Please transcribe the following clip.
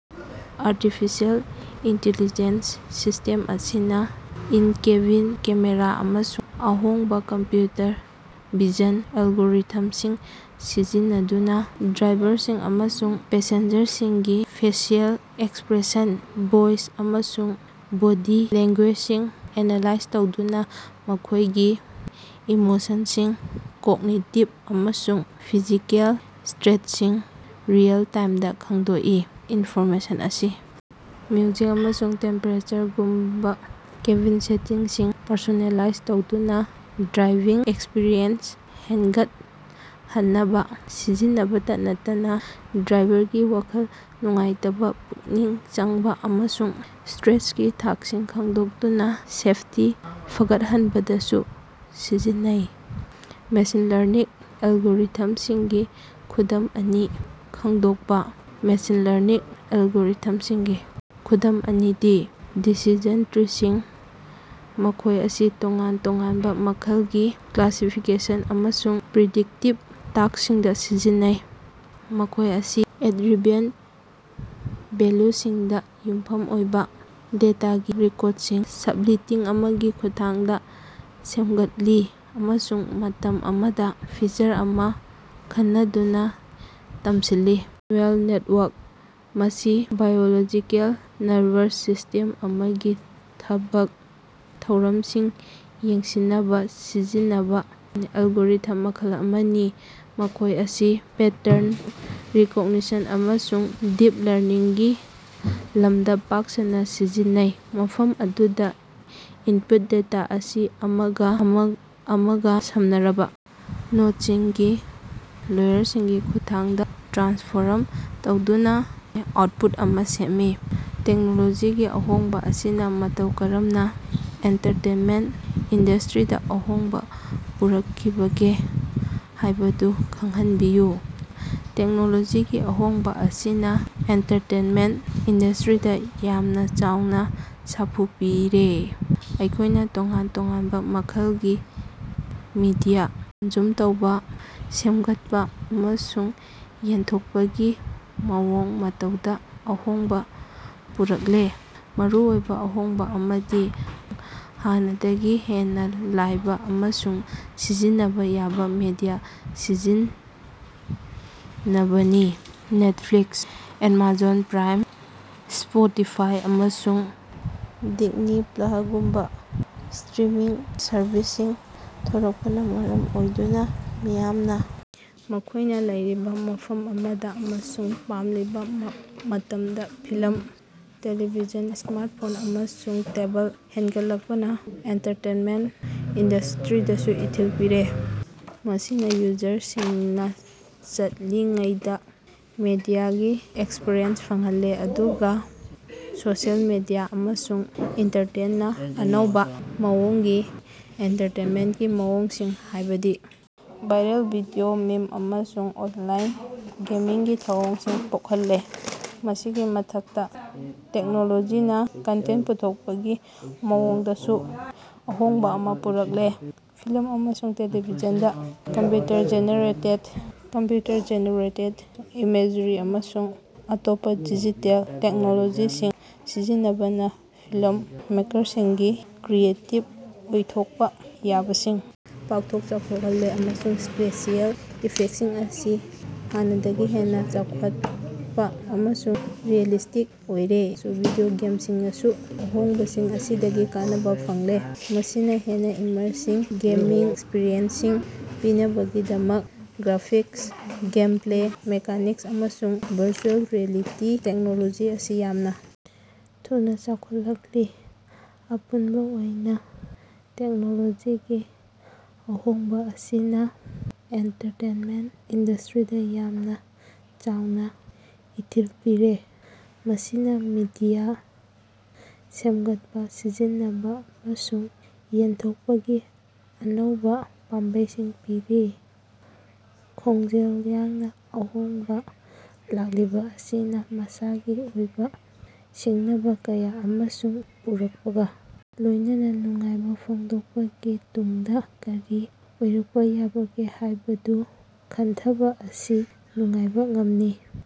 Artificial intelligence system ꯑꯁꯤꯅ in cabin camera ꯑꯃꯁꯨꯡ ꯑꯍꯣꯡꯕ ꯀꯝꯄ꯭ꯌꯨꯇꯔ ꯚꯤꯖꯟ ꯑꯦꯜꯒꯣꯔꯤꯊꯝꯁꯤꯡ ꯁꯤꯖꯤꯟꯅꯗꯨꯅ ꯗ꯭ꯔꯥꯏꯚꯔꯁꯤꯡ ꯑꯃꯁꯨꯡ ꯄꯦꯁꯦꯟꯖꯔꯁꯤꯡꯒꯤ ꯐꯦꯁꯤꯑꯦꯜ ꯑꯦꯛꯁꯄ꯭ꯔꯦꯁꯟ, ꯚꯣꯏꯁ, ꯑꯃꯁꯨꯡ ꯕꯣꯗꯤ ꯂꯦꯡꯒꯨꯌꯦꯖꯁꯤꯡ ꯑꯦꯅꯥꯂꯥꯏꯖ ꯇꯧꯗꯨꯅ ꯃꯈꯣꯏꯒꯤ ꯏꯃꯣꯁꯟꯁꯤꯡ, ꯀꯣꯛꯅꯤꯇꯤꯕ ꯑꯃꯁꯨꯡ ꯐꯤꯖꯤꯀꯦꯜ ꯁ꯭ꯇꯦꯠꯁꯤꯡ ꯔꯤꯑꯦꯜ-ꯇꯥꯏꯝꯗ ꯈꯪꯗꯣꯛꯏ꯫ ꯏꯟꯐꯣꯔꯃꯦꯁꯟ ꯑꯁꯤ ꯃ꯭ꯌꯨꯖꯤꯛ ꯑꯃꯁꯨꯡ ꯇꯦꯝꯄꯦꯔꯦꯆꯔꯒꯨꯝꯕ ꯀꯦꯕꯤꯟ ꯁꯦꯇꯤꯡꯁꯤꯡ ꯄꯔꯁꯣꯅꯦꯂꯥꯏꯖ ꯇꯧꯗꯨꯅ ꯗ꯭ꯔꯥꯏꯚꯤꯡ ꯑꯦꯛꯁꯄꯤꯔꯤꯑꯦꯟꯁ ꯍꯦꯟꯒꯠꯍꯟꯅꯕ ꯁꯤꯖꯤꯟꯅꯕꯇ ꯅꯠꯇꯅ ꯗ꯭ꯔꯥꯏꯚꯔꯒꯤ ꯋꯥꯈꯜ ꯅꯨꯡꯉꯥꯏꯇꯕ, ꯄꯨꯛꯅꯤꯡ ꯆꯪꯕ, ꯑꯃꯁꯨꯡ ꯁ꯭ꯇꯔꯦꯁꯀꯤ ꯊꯥꯛꯁꯤꯡ ꯈꯪꯗꯣꯛꯇꯨꯅ ꯁꯦꯐꯇꯤ ꯐꯒꯠꯍꯟꯕꯗꯁꯨ ꯁꯤꯖꯤꯟꯅꯩ꯫ ꯃꯦꯁꯤꯟ ꯂꯔꯅꯤꯡ ꯑꯦꯜꯒꯣꯔꯤꯊꯝꯁꯤꯡꯒꯤ ꯈꯨꯗꯝ ꯑꯅꯤ ꯈꯪꯗꯣꯛꯄꯥ꯫ ꯃꯦꯁꯤꯟ ꯂꯔꯅꯤꯡ ꯑꯦꯜꯒꯣꯔꯤꯊꯝꯁꯤꯡꯒꯤ ꯈꯨꯗꯝ ꯑꯅꯤꯗꯤ: ꯗꯤꯁꯤꯖꯟ ꯇ꯭ꯔꯤꯁꯤꯡ: ꯃꯈꯣꯏ ꯑꯁꯤ ꯇꯣꯉꯥꯟ ꯇꯣꯉꯥꯟꯕ ꯃꯈꯜꯒꯤ ꯀ꯭ꯂꯥꯁꯤꯐꯤꯀꯦꯁꯟ ꯑꯃꯁꯨꯡ ꯄ꯭ꯔꯤꯗꯤꯛꯇꯤꯚ ꯇꯥꯁ꯭ꯛꯁꯤꯡꯗ ꯁꯤꯖꯤꯟꯅꯩ꯫ ꯃꯈꯣꯏ ꯑꯁꯤ ꯑꯦꯠꯔꯤꯕꯦꯟ ꯚꯦꯜꯌꯨꯁꯤꯡꯗ ꯌꯨꯝꯐꯝ ꯑꯣꯏꯕ ꯗꯦꯇꯥꯒꯤ ꯔꯤꯀꯣꯔꯁꯤꯕ ꯁ꯭ꯄꯂꯤꯇꯤꯡ ꯑꯃꯒꯤ ꯈꯨꯠꯊꯥꯡꯗ ꯁꯦꯝꯒꯠꯂꯤ ꯑꯃꯁꯨꯡ ꯃꯇꯝ ꯑꯃꯗ ꯐꯤꯆꯔ ꯑꯃ ꯈꯟꯅꯗꯨꯅ ꯇꯝꯁꯤꯜꯂꯤ꯫ ꯅ꯭ꯌꯨꯔꯜ ꯅꯦꯇꯋꯥꯔꯛ: ꯃꯁꯤ ꯕꯥꯏꯑꯣꯂꯣꯖꯤꯀꯦꯜ ꯅꯔꯚꯁ ꯁꯤꯁ꯭ꯇꯦꯝ ꯑꯃꯒꯤ ꯊꯕꯛ ꯊꯧꯔꯝꯁꯤꯡ ꯌꯦꯡꯁꯤꯟꯅꯕ ꯁꯤꯖꯤꯟꯅꯕꯥ ꯑꯦꯜꯒꯣꯔꯤꯊꯝ ꯃꯈꯜ ꯑꯃꯅꯤ꯫ ꯃꯈꯣꯏ ꯑꯁꯤ ꯄꯦꯇꯔꯟ ꯔꯤꯀꯣꯒꯅꯤꯁꯟ ꯑꯃꯁꯨꯡ ꯗꯤꯞ ꯂꯔꯅꯤꯡꯒꯤ ꯂꯝꯗ ꯄꯥꯛ ꯁꯟꯅ ꯁꯤꯖꯤꯟꯅꯩ, ꯃꯐꯝ ꯑꯗꯨꯗ ꯏꯟꯄꯨꯠ ꯗꯦꯇꯥ ꯑꯁꯤ ꯑꯃꯒ ꯑꯃꯒ ꯁꯝꯅꯔꯕ ꯅꯣꯠꯁꯤꯡꯒꯤ ꯂꯦꯌꯔꯁꯤꯡꯒꯤ ꯈꯨꯠꯊꯥꯡꯗ ꯇ꯭ꯔꯥꯟꯁꯐꯣꯔꯝ ꯇꯧꯗꯨꯅ ꯑꯥꯎꯠꯄꯨꯠ ꯑꯃ ꯁꯦꯝꯃꯤ꯫ ꯇꯦꯛꯅꯣꯂꯣꯖꯤꯒꯤ ꯑꯍꯣꯡꯕ ꯑꯁꯤꯅ ꯃꯇꯧ ꯀꯔꯝꯅ ꯑꯦꯟꯇꯔꯇꯦꯟꯃꯦꯟꯇ ꯏꯟꯗꯁꯇ꯭ꯔꯤꯗ ꯑꯍꯣꯡꯕ ꯄꯨꯔꯛꯈꯤꯕꯒꯦ ꯍꯥꯏꯕꯗꯨ ꯈꯟꯕꯤꯌꯨ꯫ ꯇꯦꯛꯅꯣꯂꯣꯖꯤꯒꯤ ꯑꯍꯣꯡꯕ ꯑꯁꯤꯅ ꯑꯦꯟꯇꯔꯇꯦꯅꯃꯦꯟꯇ ꯏꯟꯗꯁ꯭ꯇꯔꯤꯗ ꯌꯥꯝꯅ ꯆꯥꯎꯅ ꯁꯥꯐꯨ ꯄꯤꯔꯦ, ꯑꯩꯈꯣꯏꯅ ꯇꯣꯉꯥꯟ ꯇꯣꯉꯥꯟꯕ ꯃꯈꯜꯒꯤ ꯃꯤꯗꯤꯌꯥ ꯀꯟꯖꯨꯝ ꯇꯧꯕ, ꯁꯦꯝꯒꯠꯄ ꯑꯃꯁꯨꯡ ꯌꯦꯟꯊꯣꯛꯄꯒꯤ ꯃꯑꯣꯡ ꯃꯇꯧꯗ ꯑꯍꯣꯡꯕ ꯄꯨꯔꯛꯂꯦ꯫ ꯃꯔꯨꯑꯣꯏꯕ ꯑꯍꯣꯡꯕ ꯑꯃꯗꯤ ꯍꯥꯟꯅꯗꯒꯤ ꯍꯦꯟꯅ ꯂꯥꯏꯕ ꯑꯃꯁꯨꯡ ꯁꯤꯖꯤꯟꯅꯕ ꯌꯥꯕ ꯃꯤꯗꯤꯌꯥ ꯁꯤꯖꯤꯟꯅꯕꯅꯤ꯫ ꯅꯦꯠꯐ꯭ꯂꯤꯛꯁ, ꯑꯦꯃꯥꯖꯣꯟ ꯄ꯭ꯔꯥꯏꯝ, ꯁ꯭ꯄꯣꯇꯤꯐꯥꯏ, ꯑꯃꯁꯨꯡ ꯗꯤꯖꯅꯤ ꯄ꯭ꯂꯍꯒꯨꯝꯕ ꯁ꯭ꯇꯔꯤꯃꯤꯡ ꯁꯔꯚꯤꯁꯁꯤꯡ ꯊꯣꯔꯛꯄꯅ ꯃꯔꯝ ꯑꯣꯏꯗꯨꯅ ꯃꯤꯌꯥꯝꯅ ꯃꯈꯣꯏꯅ ꯂꯩꯔꯤꯕ ꯃꯐꯝ ꯑꯃꯗ ꯑꯃꯁꯨꯡ ꯄꯥꯝꯂꯤꯕ ꯃꯇꯝꯗ ꯐꯤꯂꯝ, ꯇ‌ꯦꯂꯤꯚꯤꯖꯟ ꯁ꯭ꯃꯥꯔꯠꯐꯣꯟ ꯑꯃꯁꯨꯡ ꯇꯦꯕꯜ ꯍꯦꯟꯒꯠꯂꯛꯄꯅ ꯑꯦꯟꯇꯥꯔꯇꯦꯟꯃꯦꯟꯠ ꯏꯟꯗꯁ꯭ꯇꯔꯤꯗꯁꯨ ꯏꯊꯤꯜ ꯄꯤꯔꯦ, ꯃꯁꯤꯅ ꯌꯨꯖꯔꯁꯤꯡꯅ ꯆꯠꯂꯤꯉꯩꯗ ꯃꯤꯗꯤꯌꯥꯒꯤ ꯑꯦꯛꯁꯄꯔꯤꯌꯦꯟꯁ ꯐꯪꯍꯜꯂꯦ ꯑꯗꯨꯒ ꯁꯣꯁꯤꯑꯦꯜ ꯃꯤꯗꯤꯌꯥ ꯑꯃꯁꯨꯡ ꯏꯟꯇꯔꯅꯦꯠꯅ ꯑꯅꯧꯕ ꯃꯑꯣꯡꯒꯤ ꯑꯦꯟꯇꯥꯔꯇꯦꯟꯃꯦꯟꯀꯤ ꯃꯑꯣꯡꯁꯤꯡ, ꯍꯥꯏꯕꯗꯤ ꯚꯥꯏꯔꯜ ꯚꯤꯗꯤꯑꯣ, ꯃꯤꯝ ꯑꯃꯁꯨꯡ ꯑꯣꯟꯂꯥꯏꯟ ꯒꯦꯃꯤꯡꯒꯤ ꯊꯧꯑꯣꯡꯁꯤꯡ ꯄꯣꯛꯍꯜꯂꯦ꯫ ꯃꯁꯤꯒꯤ ꯃꯊꯛꯇ ꯇꯦꯛꯅꯣꯂꯣꯖꯤꯅ ꯀꯟꯇꯦꯟ ꯄꯨꯊꯣꯛꯄꯒꯤ ꯃꯑꯣꯡꯗꯁꯨ ꯑꯍꯣꯡꯕ ꯑꯃ ꯄꯨꯔꯛꯂꯦ꯫ ꯐꯤꯂꯝ ꯑꯃꯁꯨꯡ ꯇ‌ꯦꯂꯤꯚꯤꯖꯟꯗ ꯀꯝꯄ꯭ꯌꯨꯇꯔ ꯖꯦꯅꯦꯔꯦꯇꯦꯗ ꯏꯃꯦꯖꯔꯤ ꯑꯃꯁꯨꯡ ꯑꯇꯣꯞꯄ ꯗꯤꯖꯤꯇꯦꯜ ꯇꯦꯛꯅꯣꯂꯣꯖꯤꯁꯤꯡ ꯁꯤꯖꯤꯟꯅꯕꯅ ꯐꯤꯂꯝ ꯃꯦꯀꯔꯁꯤꯡꯒꯤ ꯀ꯭ꯔꯤꯌꯦꯇꯤꯕ ꯑꯣꯏꯊꯣꯛꯄ ꯌꯥꯕꯁꯤꯡ ꯄꯥꯛꯊꯣꯛ ꯆꯥꯎꯊꯣꯛꯍꯜꯂꯦ ꯑꯃꯁꯨꯡ ꯁ꯭ꯄꯦꯁꯤꯑꯦꯜ ꯏꯐꯦꯛꯁꯤꯡ ꯑꯁꯤ ꯍꯥꯟꯅꯗꯒꯤ ꯍꯦꯟꯅ ꯆꯥꯎꯈꯠꯄ ꯑꯃꯁꯨꯡ ꯔꯤꯑꯦꯂꯤꯁ꯭ꯇꯤꯛ ꯑꯣꯏꯔꯦ꯫ ꯚꯤꯗꯤꯑꯣ ꯒꯦꯝꯁꯤꯡꯅꯁꯨ ꯑꯍꯣꯡꯕꯁꯤꯡ ꯑꯁꯤꯗꯒꯤ ꯀꯥꯟꯅꯕ ꯐꯪꯂꯦ, ꯃꯁꯤꯅ ꯍꯦꯟꯅ ꯏꯃꯔꯁꯤꯕ ꯒꯦꯃꯤꯡ ꯑꯦꯛꯁꯄꯤꯔꯤꯑꯦꯟꯁꯁꯤꯡ ꯄꯤꯅꯕꯒꯤꯗꯃꯛ ꯒ꯭ꯔꯥꯐꯤꯛꯁ, ꯒꯦꯝꯄ꯭ꯂꯦ ꯃꯦꯀꯥꯅꯤꯛꯁ ꯑꯃꯁꯨꯡ ꯚꯔꯆꯨꯑꯦꯜ ꯔꯤꯌꯦꯂꯤꯇꯤ ꯇꯦꯛꯅꯣꯂꯣꯖꯤ ꯑꯁꯤ ꯌꯥꯝꯅ ꯊꯨꯅ ꯆꯥꯎꯈꯠꯂꯛꯂꯤ꯫ ꯑꯄꯨꯟꯕ ꯑꯣꯏꯅ ꯇꯦꯛꯅꯣꯂꯣꯖꯤꯒꯤ ꯑꯍꯣꯡꯕ ꯑꯁꯤꯅ ꯑꯦꯟꯇꯔꯇꯦꯟꯃꯦꯟ ꯏꯟꯗꯁ꯭ꯇꯔꯤꯗ ꯌꯥꯝꯅ ꯆꯥꯎꯅ ꯏꯊꯤꯜ ꯄꯤꯔꯦ, ꯃꯁꯤꯅ ꯃꯤꯗꯤꯌꯥ ꯁꯦꯝꯒꯠꯄ, ꯁꯤꯖꯤꯟꯅꯕ ꯑꯃꯁꯨꯡ ꯌꯦꯟꯊꯣꯛꯄꯒꯤ ꯑꯅꯧꯕ ꯄꯥꯝꯕꯩꯁꯤꯡ ꯄꯤꯔꯤ꯫ ꯈꯣꯡꯖꯦꯜ ꯌꯥꯡꯅ ꯑꯍꯣꯡꯕꯥ ꯂꯥꯛꯂꯤꯕ ꯑꯁꯤꯅ ꯃꯁꯥꯒꯤ ꯑꯣꯏꯕ ꯁꯤꯡꯅꯕ ꯀꯌꯥ ꯑꯃꯁꯨ ꯄꯨꯔꯛꯄꯒ ꯂꯣꯏꯅꯅ ꯅꯨꯡꯉꯥꯏꯕ ꯐꯣꯡꯗꯣꯛꯄꯒꯤ ꯇꯨꯡꯗ ꯀꯔꯤ ꯑꯣꯏꯔꯛꯄ ꯌꯥꯕꯒꯦ ꯍꯥꯏꯕꯗꯨ ꯈꯟꯊꯕ ꯑꯁꯤ ꯅꯨꯡꯉꯥꯏꯕ ꯑꯃꯅꯤ꯫